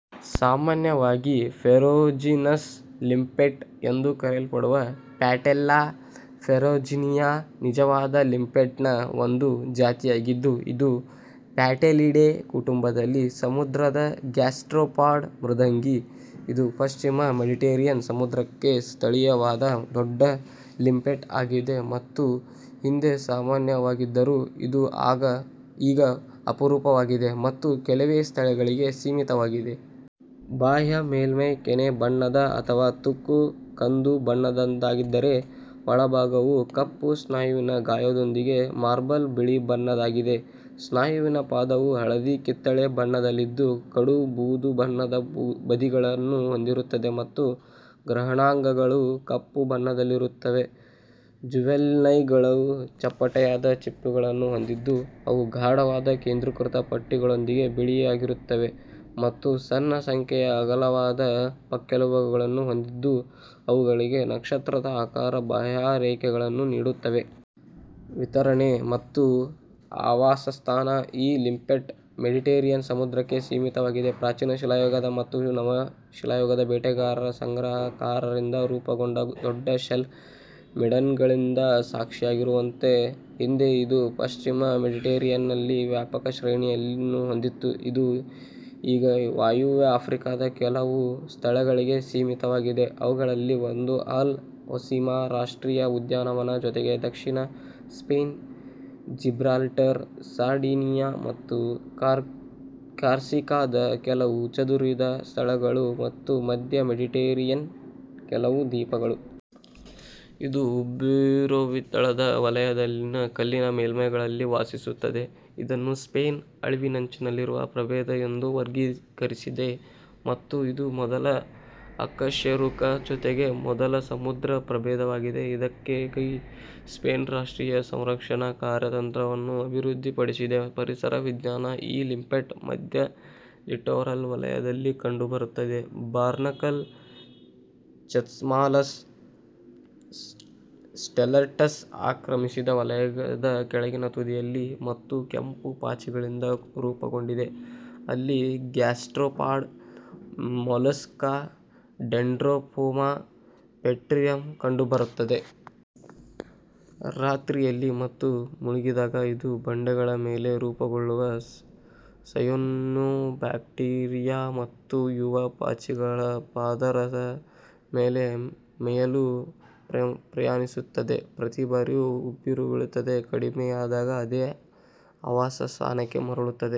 ಸಾಮಾನ್ಯವಾಗಿ ferruginous limpet ಎಂದು ಕರೆಯಲ್ಪಡುವ ಪ್ಯಾಟೆಲ್ಲಾ ಫೆರುಜಿನಿಯಾ ನಿಜವಾದ ಲಿಂಪೆಟ್ನ ಒಂದು ಜಾತಿಯಾಗಿದ್ದು, ಇದು ಪ್ಯಾಟೆಲ್ಲಿಡೆ ಕುಟುಂಬದಲ್ಲಿ ಸಮುದ್ರದ ಗ್ಯಾಸ್ಟ್ರೋಪಾಡ್ ಮೃದ್ವಂಗಿ. ಇದು ಪಶ್ಚಿಮ ಮೆಡಿಟರೇನಿಯನ್ ಸಮುದ್ರಕ್ಕೆ ಸ್ಥಳೀಯವಾದ ದೊಡ್ಡ ಲಿಂಪೆಟ್ ಆಗಿದೆ, ಮತ್ತು ಹಿಂದೆ ಸಾಮಾನ್ಯವಾಗಿದ್ದರೂ, ಇದು ಈಗ ಅಪರೂಪವಾಗಿದೆ ಮತ್ತು ಕೆಲವೇ ಸ್ಥಳಗಳಿಗೆ ಸೀಮಿತವಾಗಿದೆ. ಬಾಹ್ಯ ಮೇಲ್ಮೈ ಕೆನೆ ಬಣ್ಣದ ಅಥವಾ ತುಕ್ಕು ಕಂದು ಬಣ್ಣದ್ದಾಗಿದ್ದರೆ, ಒಳಭಾಗವು ಕಪ್ಪು ಸ್ನಾಯುವಿನ ಗಾಯದೊಂದಿಗೆ ಮಾರ್ಬಲ್ ಬಿಳಿ ಬಣ್ಣದ್ದಾಗಿದೆ. ಸ್ನಾಯುವಿನ ಪಾದವು ಹಳದಿ-ಕಿತ್ತಳೆ ಬಣ್ಣದಲ್ಲಿದ್ದು, ಕಡು ಬೂದು ಬಣ್ಣದ ಬದಿಗಳನ್ನು ಹೊಂದಿರುತ್ತದೆ ಮತ್ತು ಗ್ರಹಣಾಂಗಗಳು ಕಪ್ಪು ಬಣ್ಣದಲ್ಲಿರುತ್ತವೆ. ಜುವೆನೈಲ್ಗಳು ಚಪ್ಪಟೆಯಾದ ಚಿಪ್ಪುಗಳನ್ನು ಹೊಂದಿದ್ದು, ಅವು ಗಾಢವಾದ ಕೇಂದ್ರೀಕೃತ ಪಟ್ಟಿಗಳೊಂದಿಗೆ ಬಿಳಿಯಾಗಿರುತ್ತವೆ ಮತ್ತು ಸಣ್ಣ ಸಂಖ್ಯೆಯ ಅಗಲವಾದ ಪಕ್ಕೆಲುಬುಗಳನ್ನು ಹೊಂದಿದ್ದು, ಅವುಗಳಿಗೆ ನಕ್ಷತ್ರದ ಆಕಾರದ ಬಾಹ್ಯರೇಖೆಗಳನ್ನು ನೀಡುತ್ತವೆ. ವಿತರಣೆ ಮತ್ತು ಆವಾಸಸ್ಥಾನ ಈ ಲಿಂಪೆಟ್ ಮೆಡಿಟರೇನಿಯನ್ ಸಮುದ್ರಕ್ಕೆ ಸೀಮಿತವಾಗಿದೆ. ಪ್ರಾಚೀನ ಶಿಲಾಯುಗದ ಮತ್ತು ನವಶಿಲಾಯುಗದ ಬೇಟೆಗಾರ ಸಂಗ್ರಹಕಾರರಿಂದ ರೂಪುಗೊಂಡ ದೊಡ್ಡ ಶೆಲ್ ಮಿಡನ್ಗಳಿಂದ ಸಾಕ್ಷಿಯಾಗಿರುವಂತೆ, ಹಿಂದೆ ಇದು ಪಶ್ಚಿಮ ಮೆಡಿಟರೇನಿಯನ್ನಲ್ಲಿ ವ್ಯಾಪಕ ಶ್ರೇಣಿಯನ್ನು ಹೊಂದಿತ್ತು. ಇದು ಈಗ ವಾಯುವ್ಯ ಆಫ್ರಿಕಾದ ಕೆಲವು ಸ್ಥಳಗಳಿಗೆ ಸೀಮಿತವಾಗಿದೆ, ಅವುಗಳಲ್ಲಿ ಒಂದು ಅಲ್ ಹೊಸಿಮಾ ರಾಷ್ಟ್ರೀಯ ಉದ್ಯಾನವನ, ಜೊತೆಗೆ ದಕ್ಷಿಣ ಸ್ಪೇನ್, ಜಿಬ್ರಾಲ್ಟರ್, ಸಾರ್ಡಿನಿಯಾ ಮತ್ತು ಕಾರ್ಸಿಕಾದ ಕೆಲವು ಚದುರಿದ ಸ್ಥಳಗಳು ಮತ್ತು ಮಧ್ಯ ಮೆಡಿಟರೇನಿಯನ್ನ ಕೆಲವು ದ್ವೀಪಗಳು. ಇದು ಉಬ್ಬರವಿಳಿತದ ವಲಯದಲ್ಲಿನ ಕಲ್ಲಿನ ಮೇಲ್ಮೈಗಳಲ್ಲಿ ವಾಸಿಸುತ್ತದೆ. ಇದನ್ನು ಸ್ಪೇನ್ "ಅಳಿವಿನಂಚಿನಲ್ಲಿರುವ ಪ್ರಭೇದ" ಎಂದು ವರ್ಗೀಕರಿಸಿದೆ ಮತ್ತು ಇದು ಮೊದಲ ಅಕಶೇರುಕ, ಜೊತೆಗೆ ಮೊದಲ ಸಮುದ್ರ ಪ್ರಭೇದವಾಗಿದೆ, ಇದಕ್ಕಾಗಿ ಸ್ಪೇನ್ ರಾಷ್ಟ್ರೀಯ ಸಂರಕ್ಷಣಾ ಕಾರ್ಯತಂತ್ರವನ್ನು ಅಭಿವೃದ್ಧಿಪಡಿಸಿದೆ. ಪರಿಸರ ವಿಜ್ಞಾನ ಈ ಲಿಂಪೆಟ್ ಮಧ್ಯ-ಲಿಟ್ಟೋರಲ್ ವಲಯದಲ್ಲಿ ಕಂಡುಬರುತ್ತದೆ, ಬಾರ್ನಾಕಲ್ ಚ್ಥಮಾಲಸ್ ಸ್ಟೆಲ್ಲಟಸ್ ಆಕ್ರಮಿಸಿದ ವಲಯದ ಕೆಳಗಿನ ತುದಿಯಲ್ಲಿ ಮತ್ತು ಕೆಂಪು ಪಾಚಿಗಳಿಂದ ರೂಪುಗೊಂಡಿದೆ, ಅಲ್ಲಿ ಗ್ಯಾಸ್ಟ್ರೋಪಾಡ್ ಮೊಲಸ್ಕ್ ಡೆಂಡ್ರೊಪೊಮಾ ಪೆಟ್ರಿಯಮ್ ಕಂಡುಬರುತ್ತದೆ. ರಾತ್ರಿಯಲ್ಲಿ ಮತ್ತು ಮುಳುಗಿದಾಗ, ಇದು ಬಂಡೆಗಳ ಮೇಲೆ ರೂಪುಗೊಳ್ಳುವ ಸಯನೋಬ್ಯಾಕ್ಟೀರಿಯಾ ಮತ್ತು ಯುವ ಪಾಚಿಗಳ ಪದರದ ಮೇಲೆ ಮೇಯಲು ಪ್ರಯಾಣಿಸುತ್ತದೆ, ಪ್ರತಿ ಬಾರಿ ಉಬ್ಬರವಿಳಿತವು ಕಡಿಮೆಯಾದಾಗ ಅದೇ ಆವಾಸಸ್ಥಾನಕ್ಕೆ ಮರಳುತ್ತದೆ.